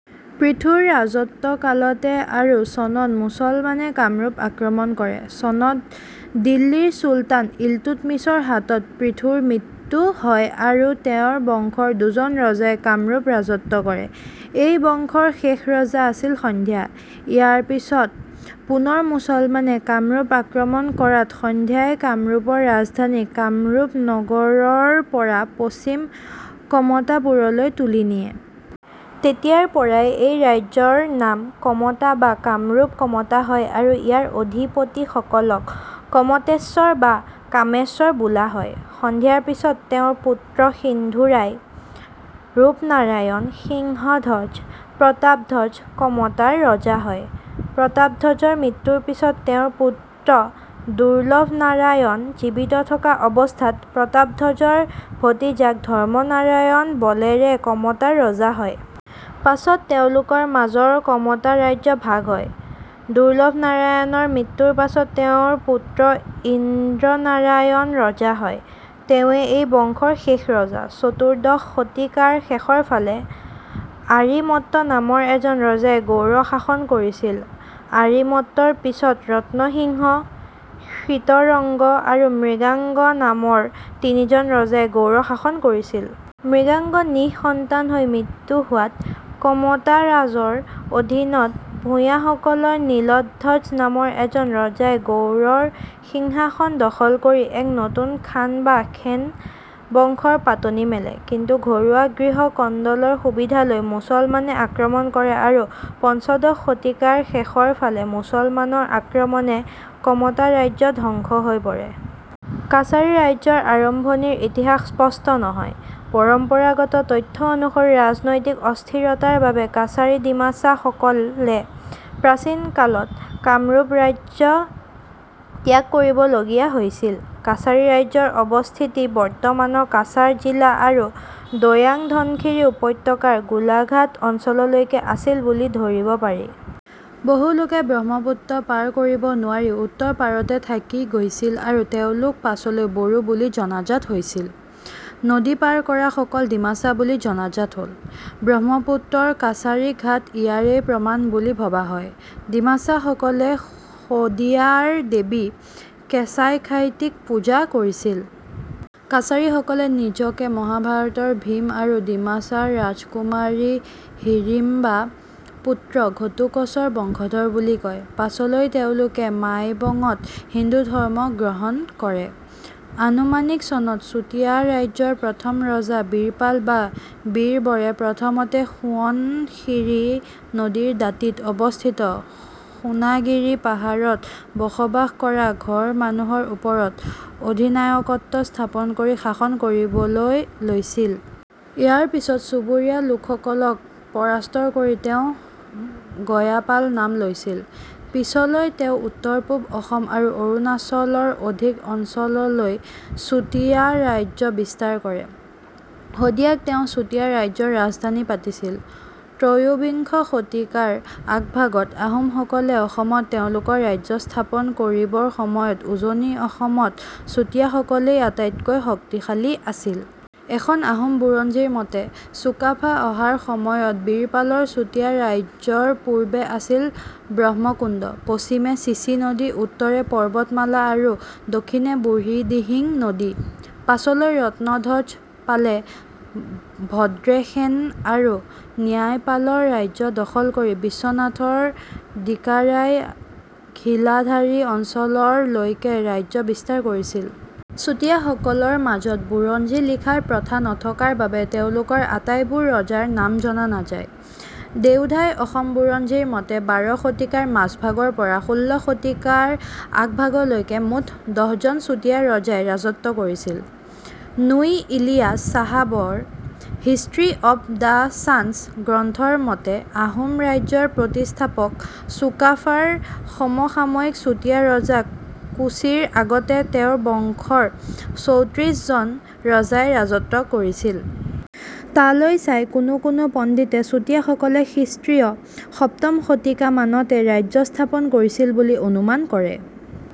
পৃথুৰ ৰাজত্ব কালতে আৰু চনত মুছলমানে কামৰূপ আক্ৰমণ কৰে। চনত দিল্লীৰ চুলতান ইলতুতমিছৰ হাতত পৃথুৰ মৃত্যু হয় আৰু তেওঁৰ বংশৰ দুজন ৰজাই কামৰূপ ৰাজত্ব কৰে। এই বংশৰ শেষ ৰজা আছিল সন্ধ্যা। ইয়াৰ পিছত পুনৰ মুছলমানে কামৰূপ আক্ৰমণ কৰাত সন্ধ্যাই কামৰূপৰ ৰাজধানী 'কামৰূপ নগৰ'ৰৰ পৰা পশ্চিম কমতাপুৰলৈ তুলি নিয়ে। তেতিয়াৰ পৰাই এই ৰাজ্যৰ নাম কমতা বা কামৰূপ-কমতা হয় আৰু ইয়াৰ অধিপতিসকলক কমতেশ্বৰ বা কামেশ্বৰ বোলা হয়। সন্ধ্যাৰ পিছত তেওঁৰ পুত্ৰ সিন্ধুৰায়, ৰূপনাৰায়ণ, সিংহধ্বজ, প্ৰতাপধ্বজ কমতাৰ ৰজা হয়। প্ৰতাপধ্বজৰ মৃত্যুৰ পিছত তেওঁৰ পুত্ৰ দুৰ্লভনাৰায়ণ জীৱিত থকা অৱস্থাত প্ৰতাপধ্বজৰ ভতিজাক ধৰ্মনাৰায়ণ বলেৰে কমতাৰ ৰজা হয়। পাছত তেওঁলোকৰ মাজৰ কমতা ৰাজ্য ভাগ হয়। দুৰ্লভনাৰায়ণৰ মৃত্যুৰ পাছত তেওঁৰ পুত্ৰ ইন্দ্ৰনাৰায়ণ ৰজা হয়। তেওঁৱেই এই বংশৰ শেষ ৰজা। চতুৰ্দশ শতিকাৰ শেষৰফালে আৰিমত্ত নামৰ এজন ৰজাই গৌড় শাসন কৰিছিল। আৰিমত্তৰ পিছত ৰত্নসিংহ, শৃতৰংগ আৰু মৃগাংগ নামৰ তিনিজন ৰজাই গৌড় শাসন কৰিছিল। মৃগাংগ নিঃসন্তান হৈ মৃত্যু হোৱাত কমতাৰাজৰ অধীনৰ ভূঞাসকলৰ নীলধ্বজ নামৰ এজন ৰজাই গৌড়ৰ সিংহাসন দখল কৰি এক নতুন খান বা সেন বংশৰ পাতনি মেলে। কিন্তু ঘৰুৱা গৃহ কন্দলৰ সুবিধা লৈ মুছলমানে আক্ৰমণ কৰে আৰু পঞ্চদশ শতিকাৰ শেষৰ ফালে মুছলমানৰ আক্ৰমণে কমতা ৰাজ্য ধ্বংস হৈ পৰে। কছৰী ৰাজ্যৰ আৰম্ভণিৰ ইতিহাস স্পষ্ট নহয়। পৰম্পৰাগত তথ্য অনুসৰি ৰাজনৈতিক অস্থিৰতাৰ বাবে কছাৰী ডিমাচাসকলে প্ৰাচীন কালত কামৰূপ ৰাজ্য ত্যাগ কৰিবলগীয়া হৈছিল। কছাৰী ৰাজ্যৰ অৱস্থিতি বৰ্তমানৰ কাছাৰ জিলা আৰু দৈয়াং-ধনশিৰি উপত্যকাৰ গোলাঘাট অঞ্চললৈকে আছিল বুলি ধৰিব পাৰি। বহু লোকে ব্ৰহ্মপুত্ৰ পাৰ কৰিব নোৱাৰি উত্তৰ পাৰতে থাকি গৈছিল আৰু তেওঁলোক পাছলৈ বড়ো বুলি জনাজাত হৈছিল। নদী পাৰ কৰাসকল ডিমাচা বুলি জনাজাত হ'ল। ব্ৰহ্মপুত্ৰৰ কছাৰী ঘাট ইয়াৰেই প্ৰমাণ বুলি ভবা হয়। ডিমাচাসকলে শদিয়া ৰ দেৱী কেঁচাই খাইটি ক পূজা কৰিছিল। কছাৰীসকলে নিজকে মহাভাৰত ৰ ভীম আৰু ডিমাচাৰ ৰাজকুমাৰী হিড়িম্বা ৰ পুত্ৰ ঘটোৎকচ ৰ বংশধৰ বুলি কয়। পাছলৈ তেওঁলোকে মাইবঙত হিন্দু ধৰ্ম গ্ৰহণ কৰে। আনুমানিক চনত চুতীয়া ৰাজ্যৰ প্ৰথম ৰজা বীৰপাল বা বীৰবৰে প্ৰথমতে সোৱণশিৰি নদীৰ দাঁতিত অৱস্থিত সোণাগিৰি পাহাৰত বসবাস কৰা ঘৰ মানুহৰ ওপৰত অধিনায়কত্ব স্থাপন কৰি শাসন কৰিবলৈ লৈছিল। ইয়াৰ পিছত চুবুৰীয়া লোকসলক পৰাস্ত কৰি তেওঁ 'গয়াপাল' নাম লৈছিল। পিছলৈ তেওঁ উত্তৰ-পূব অসম আৰু অৰুণাচলৰ অধিক অঞ্চল লৈ চুতীয়া ৰাজ্য বিস্তাৰ কৰে। শদিয়াক তেওঁ চুতীয়া ৰাজ্যৰ ৰাজধানী পাতিছিল। ত্ৰয়োবিংশ শতিকাৰ আগভাগত আহোম সকলে অসমত তেওঁলোকৰ ৰাজ্য স্থাপন কৰিবৰ সময়ত উজনি অসমত চুতীয়াসকলেই আটাইতকৈ শক্তিশালী আছিল। এখন আহোম বুৰঞ্জীৰ মতে চুকাফা অহাৰ সময়ত বীৰপালৰ চুতীয়া ৰাজ্যৰ পূবে আছিল ব্ৰহ্মকুণ্ড, পশ্চিমে চিচি নদী, উত্তৰে পৰ্বতমালা আৰু দক্ষিণে বুঢ়ীদিহিং নদী। পাছলৈ ৰত্নধ্বজপালে ভদ্ৰেশেন আৰু ন্যায়পালৰ ৰাজ্য দখল কৰি বিশ্বনাথৰ দিকাৰাই-ঘিলাধাৰী অঞ্চলৰ লৈকে ৰাজ্য বিস্তাৰ কৰিছিল। চুতীয়া সকলৰ মাজত বুৰঞ্জী লিখাৰ প্ৰথা নথকাৰ বাবে তেওঁলোকৰ আটাইবোৰ ৰজাৰ নাম জনা নাযায়। দেওধাই অসম বুৰঞ্জীৰ মতে বাৰ শতিকাৰ মাজভাগৰ পৰা ষোল্ল শতিকাৰ আগভাগলৈকে মুঠ দহজন চুতীয়া ৰজাই ৰাজত্ব কৰিছিল। নোই ইলিয়াছ চাহাবৰ "হিষ্ট্ৰী অৱ দা শ্বান্ছ" গ্ৰন্থৰ মতে আহোম ৰাজ্যৰ প্ৰতিষ্ঠাপক চুকাফা ৰ সমসাময়িক চুতীয়া ৰজা কোছীৰ আগতে তেওঁৰ বংশৰ চৌত্ৰিশজন ৰজাই ৰাজত্ব কৰিছিল। তালৈ চাই কোনো কোনো পণ্ডিতে চুতীয়াসকলে খ্ৰীষ্টীয় সপ্তম শতিকামানতে ৰাজ্য স্থাপন কৰিছিল বুলি অনুমান কৰে।।